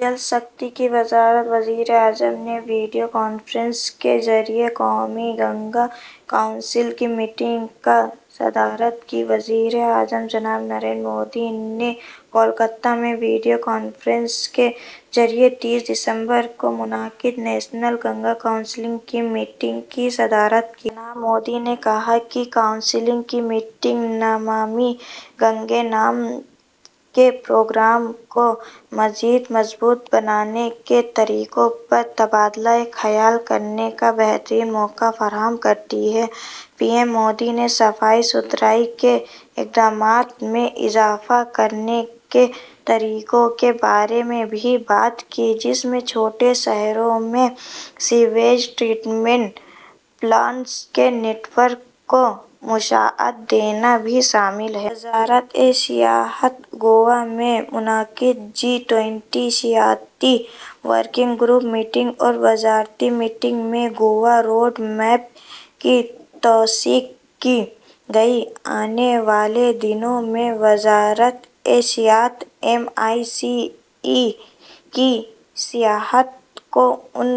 جل شکتی کی وزارت۔ وزیر اعظم نے ویڈیو کانفرنسنگ کے ذریعے قومی گنگا کونسل کی میٹنگ کی صدارت کی۔ وزیر اعظم جناب نریندر مودی نے کولکتہ میں ویڈیو کانفرنسنگ کے ذریعے تیس دسمبر کو منعقدہ نیشنل گنگا کونسل کی میٹنگ کی صدارت کی۔ جناب مودی نے کہا کہ کونسل کی میٹنگ نمامی گنگے نام کے پروگرام کو مزید مضبوط بنانے کے طریقوں پر تبادلہ خیال کرنے کا بہترین موقع فراہم کرتی ہے۔ پی ایم مودی نے صفائی ستھرائی کے اقدامات میں اضافہ کرنے کے طریقوں کے بارے میں بھی بات کی، جس میں چھوٹے شہروں میں سیوریج ٹریٹمنٹ پلانٹس کے نیٹ ورک کو توسیع دینا بھی شامل ہے۔ وزارت سیاحت۔ گوا میں منعقدہ جی ٹوئنٹی سیاحتی ورکنگ گروپ میٹنگ اور وزارتی میٹنگ میں گوا روڈ میپ کی توثیق کی گئی۔ آنے والے دنوں میں وزارت سیاحت ایم آئی سی ای کی سیاحت کو ان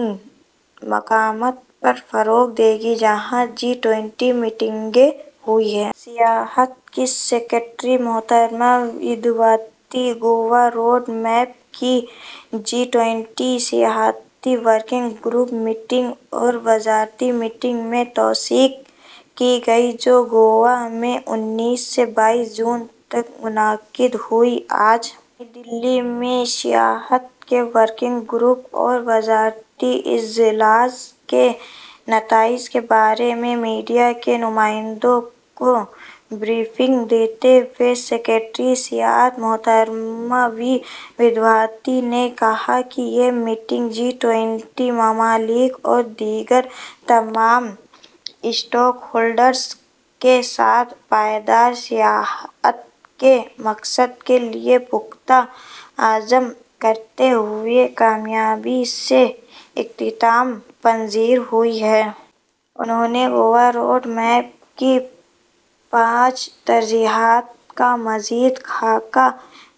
مقامات پر فروغ دے گی جہاں جی ٹوئنٹی میٹنگیں ہوئی ہیں۔ سیاحت کی سکریٹری محترمہ ودیاوتی۔ گوا روڈ میپ کی جی ٹوئنٹی سیاحتی ورکنگ گروپ میٹنگ اور وزارتی میٹنگ میں توثیق کی گئی، جو گوا میں انیس سے بائیس جون تک منعقد ہوئی۔ آج نئی دہلی میں سیاحت کے ورکنگ گروپ اور وزارتی اجلاس کے نتائج کے بارے میں میڈیا کے نمائندوں کو بریفنگ دیتے ہوئے سکریٹری سیاحت محترمہ وی ودیاوتی نے کہا کہ یہ میٹنگ جی ٹوئنٹی ممالک اور دیگر تمام اسٹیک ہولڈرز کے ساتھ پائیدار سیاحت کے مقصد کے لیے پختہ عزم کرتے ہوئے کامیابی کے ساتھ اختتام پذیر ہوئی۔ انہوں نے گوا روڈ میپ کی پانچ ترجیحات کا مزید خاکہ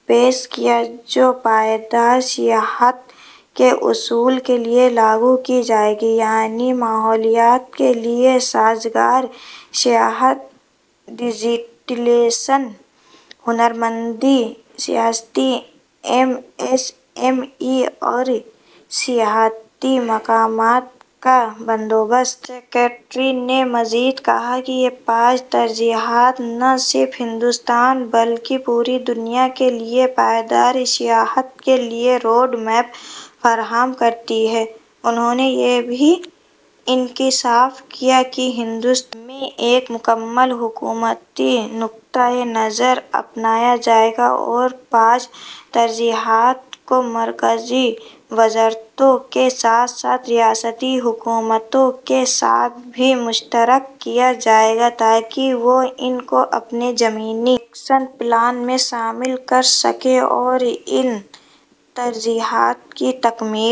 پیش کیا، جو پائیدار سیاحت کے حصول کے لیے لاگو کی جائیں گی، یعنی ماحولیات کے لیے سازگار سیاحت، ڈیجیٹلائزیشن، ہنرمندی، سیاحتی ایم ایس ایم ای اور سیاحتی مقامات کا بندوبست۔ سکریٹری نے مزید کہا کہ یہ پانچ ترجیحات نہ صرف ہندوستان بلکہ پوری دنیا کے لیے پائیدار سیاحت کے لیے روڈ میپ فراہم کرتی ہیں۔ انہوں نے یہ بھی انکشاف کیا کہ ہندوستان میں ایک مکمل حکومتی نقطہ نظر اپنایا جائے گا اور پانچ ترجیحات کو مرکزی وزارتوں کے ساتھ ساتھ ریاستی حکومتوں کے ساتھ بھی مشترک کیا جائے گا، تاکہ وہ ان کو اپنے زمینی ایکشن پلان میں شامل کر سکیں اور ان ترجیحات کی تکمی